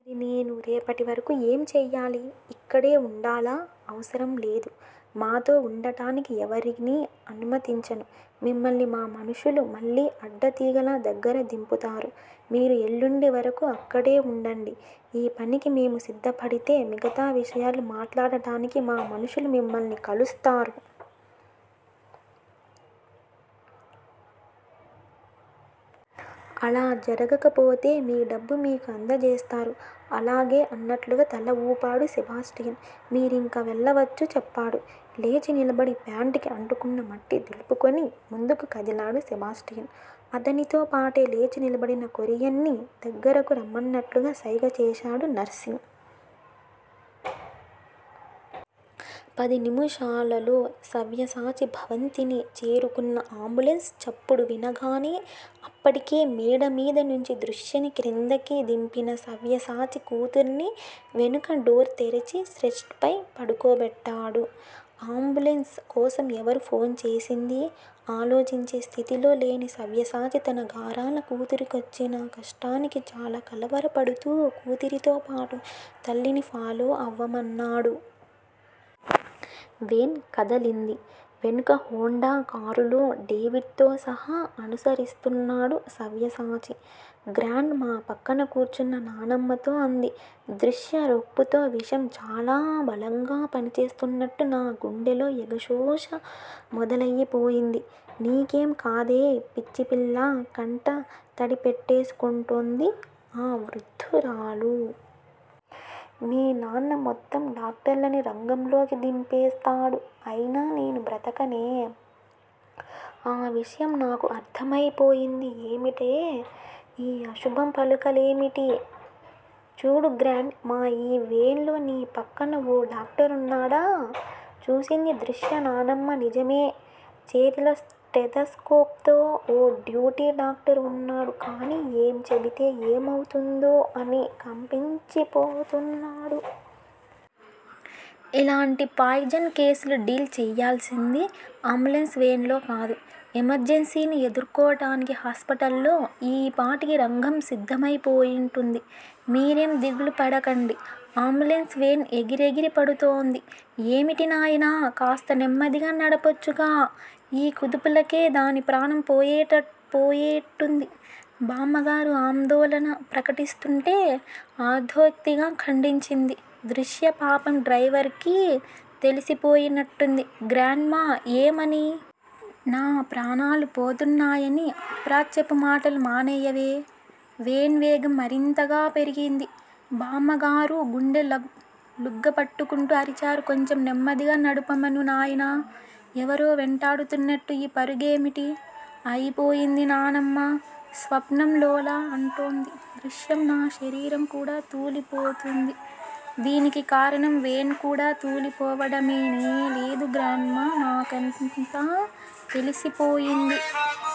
మరి నేను రేపటివరకు ఏం చెయ్యాలి? ఇక్కడే వుండాలా? అవసరం లేదు. మాతో వుండటానికి ఎవరినీ అనుమతించను. మిమ్మల్ని మా మనుషులు మళ్ళీ అడ్డతీగల దగ్గర దింపుతారు. మీరు ఎల్లుండి వరకు అక్కడే వుండండి. ఈ పనికి మేము సిద్ధపడితే మిగతా విషయాలు మాట్లాడటానికి మా మనుషులు మిమ్మల్ని కలుస్తారు. అలా జరగకపోతే మీ డబ్బు మీకు అందజేస్తారు. అలాగే అన్నట్లుగా తల వూపాడు సెబాస్టియన్. మీరింక వెళ్ళావచ్చు చెప్పాడు. లేచి నిలబడి ప్యాంట్ కి అంటుకున్న మట్టి దులుపుకొని ముందుకు కదిలాడు సెబాస్టియన్. అతనితో పాటే లేచి నిలబడిన కొరియన్ ని దగ్గరకు రమ్మన్నట్లుగా సైగ చేశాడు నర్సింగ్. పది నిముషాలలో సవ్యసాచి భవంతిని చేరుకున్న అంబులెన్స్ చప్పుడు వినగానే అప్పటికే మేడమీదనుంచి దృశ్యని క్రిందికి దింపిన సవ్యసాచి కూతుర్ని వెనుక డోర్ తెరిచి స్ట్రెచర్ పై పడుకోబెట్టాడు. అంబులెన్స్ కోసం ఎవరు ఫోన్ చేసిందీ ఆలోచించే స్థితిలో లేని సవ్యసాచి తన గారాల కూతురికొచ్చిన కష్టానికి చాలా కలవరపడుతూ కూతురితోబాటు తల్లిని ఫాలో అవమన్నాడు. వేన్ కదలింది. వెనుక హోండా కారులో డేవిడ్ తో సహా అనుసరిస్తున్నాడు సవ్యసాచి. గ్రాండ్ మా పక్కన కూర్చున్న నానమ్మతో అంది దృశ్య రొప్పుతూ విషం చాలా బలంగా పనిచేస్తున్నట్టు నా గుండెలో ఎగశోష మొదలయిపోయింది. నీకేం కాదే పిచ్చిపిల్లా కంట తడిపెట్టేసుకుంటోంది ఆ వృద్ధురాలు. మీ నాన్న మొత్తం డాక్టర్లని రంగంలోకి దింపేస్తాడు అయినా నేను బ్రతకనే. ఆ విషయం నాకు అర్థమైపోయింది ఏమిటే. ఈ అశుభం పలుకులేమిటి? చూడు గ్రాండ్ మా ఈ వేన్ లో నీ పక్కన ఓ డాక్టరున్నాడా. చూసింది దృశ్య నానమ్మ నిజమే. చేతిలో స్టెతస్కోప్ తో ఓ డ్యూటీ డాక్టరు వున్నాడు కాని ఏం చెబితే ఏమవుతుందో అని కంపించిపోతున్నాడు. ఇలాంటి పాయిజన్ కేసులు డీల్ చెయ్యాల్సింది అంబులెన్స్ వేన్ లో కాదు. ఎమర్జన్సీని ఎదుర్కోటానికి హాస్పటల్ లో ఈపాటికి రంగం సిద్ధమై పోయుంటుంది. మీరేం దిగులు పడకండి. అంబులెన్స్ వేన్ ఎగిరెగిరి పడుతూంది. ఏమిటి నాయనా కాస్త నెమ్మదిగా నడపొచ్చుగా. ఈ కుదుపులకే దాని ప్రాణం పోయేట్టుంది బామ్మగారు ఆందోళన ప్రకటిస్తుంటే అర్ధోక్తిగా ఖండించింది దృశ్య పాపం డ్రయివర్ కీ తెలిసిపోయినట్టుంది గ్రాండ్ మా ఏమని. నా ప్రాణాలు పోతున్నాయని. అప్రాచ్యపు మాటలు మానేయవే. వేన్ వేగం మరింతగా పెరిగింది. బామ్మగారు గుండె లుగ్గబట్టుకుంటూ అరిచారు కొంచెం నెమ్మదిగా నడపమను నాయనా ఎవరో వెంటాడుతున్నట్టు ఈ పరుగేమిటి. అయిపోయింది నానమ్మా స్వప్నంలోలా అంటూంది దృశ్య నా శరీరం కూడా తూలిపోతూంది. దీనికి కారణం వేన్ కూడా తూలిపోవడమేనే లేదు గ్రాండ్ మా నాకంతా తెలిసిపోయింది.